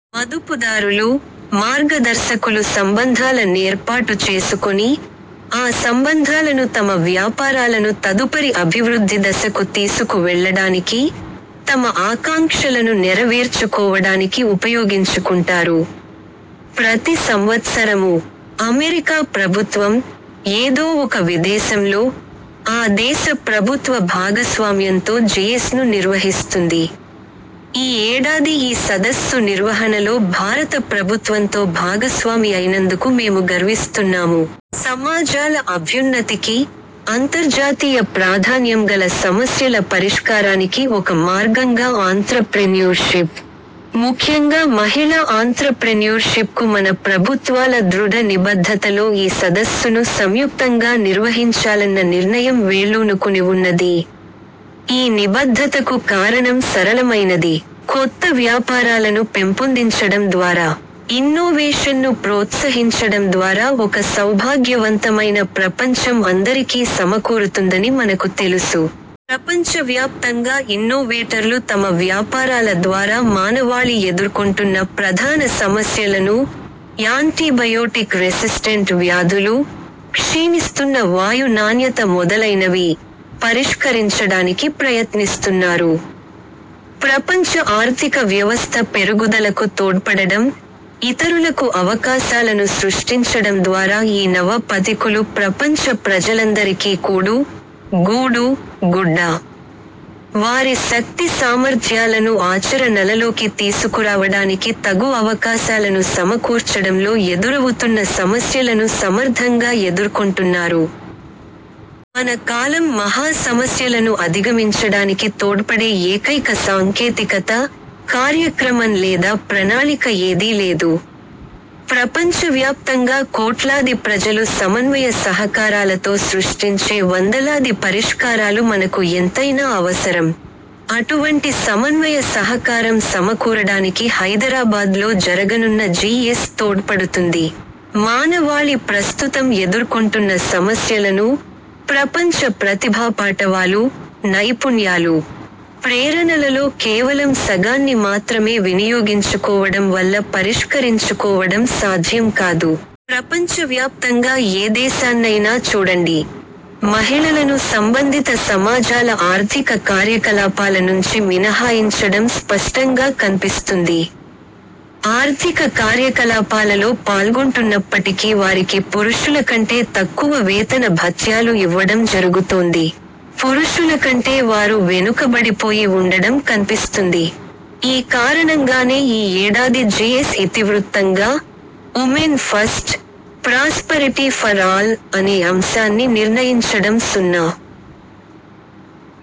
మదుపుదారులు, మార్గదర్శకులు సంబంధాల నేర్పాటు చేసుకొని, ఆ సంబంధాలను తమ వ్యాపారాలను తదుపరి అభివృద్ధి దశకు తీసుకు వెళ్ళడానికి, తమ ఆకాంక్షలను నెరవేర్చుకోవడానికి ఉపయోగించుకుంటారు. ప్రతి సంవత్సరమూ, అమెరికా ప్రభుత్వం, ఏదో ఒక విదేశంలో, ఆ దేశ ప్రభుత్వ భాగస్వామ్యంతో జిఇఎస్ను నిర్వహిస్తుంది. ఈ ఏడాది ఈ సదస్సు నిర్వహణలో భారత ప్రభుత్వంతో భాగస్వామి అయినందుకు మేము గర్విస్తున్నాము. సమాజాల అభ్యున్నతికి, అంతర్జాతీయ ప్రాధాన్యం గల సమస్యల పరిష్కారానికి ఒక మార్గంగా ఆంత్రప్రెన్యూర్షిప్, ముఖ్యంగా మహిళా ఆంత్రప్రెన్యూర్షిప్కు మన ప్రభుత్వాల దృఢ నిబద్ధతలో ఈ సదస్సును సంయుక్తంగా నిర్వహించాలన్న నిర్ణయం వేళ్ళూనుకునివున్నది. ఈ నిబద్ధతకు కారణం సరళమైనది. కొత్త వ్యాపారాలను పెంపొందించడం ద్వారా, ఇన్నోవేషన్ను ప్రోత్సహించడం ద్వారా ఒక సౌభాగ్యవంతమైన ప్రపంచం అందరికీ సమకూరుతుందని మనకు తెలుసు. ప్రపంచవ్యాప్తంగా ఇన్నోవేటర్లు తమ వ్యాపారాల ద్వారా మానవాళి ఎదుర్కొంటున్న ప్రధాన సమస్యలను––యాన్టీబయోటిక్ రెసిస్టెంట్ వ్యాధులు, క్షీణిస్తున్న వాయు నాణ్యత మొదలైనవి––పరిష్కరించడానికి ప్రయత్నిస్తున్నారు. ప్రపంచ ఆర్థిక వ్యవస్థ పెరుగుదలకు తోడ్పడడం, ఇతరులకు అవకాశాలను సృష్టించడం ద్వారా ఈ నవ పథికులు ప్రపంచ ప్రజలందరికీ కూడు, గూడు, గుడ్డ, వారి శక్తి సామర్థ్యాలను ఆచర ణలలోకి తీసుకురావడానికి తగు అవకాశాలను సమకూర్చడంలో ఎదురవుతున్న సమస్యలను సమర్థంగా ఎదుర్కొంటున్నారు. మన కాలం మహా సమస్యలను అధిగమించడానికి తోడ్పడే ఏకైక సాంకేతికత, కార్యక్రమం లేదా ప్రణాళిక ఏదీ లేదు. ప్రపంచవ్యాప్తంగా కోట్లాది ప్రజలు సమన్వయ సహకారాలతో సృష్టించే వందలాది పరిష్కారాలు మనకు ఎంతైనా అవసరం. అటువంటి సమన్వయ సహకారం సమకూరడానికి హైదరాబాద్లో జరగనున్న జిఇఎస్ తోడ్పడుతుంది. మానవాళి ప్రస్తుతం ఎదుర్కొంటున్న సమస్యలను, ప్రపంచ ప్రతిభాపాటవాలు, నైపుణ్యాలు, ప్రేరణలలో కేవలం సగాన్ని మాత్రమే వినియోగించుకోవడం వల్ల పరిష్కరించుకోవడం సాధ్యం కాదు. ప్రపంచవ్యాప్తంగా ఏ దేశాన్నయినా చూడండి– మహిళలను సంబంధిత సమాజాల ఆర్థిక కార్యకలాపాల నుంచి మినహాయించడం స్పష్టంగా కన్పిస్తుంది. ఆర్థిక కార్యకలాపాలలో పాల్గొంటున్నప్పటికీ వారికి పురుషులకంటే తక్కువ వేతన భత్యాలు ఇవ్వడం జరుగుతోంది. పురుషులకంటే వారు వెనుకబడిపోయి వుండడం కన్పిస్తుంది. ఈ కారణంగానే ఈ ఏడాది జిఇఎస్ ఇతివృత్తంగా 'women first, prosperity for all' అనే అంశాన్ని నిర్ణయించడం జరిగింది.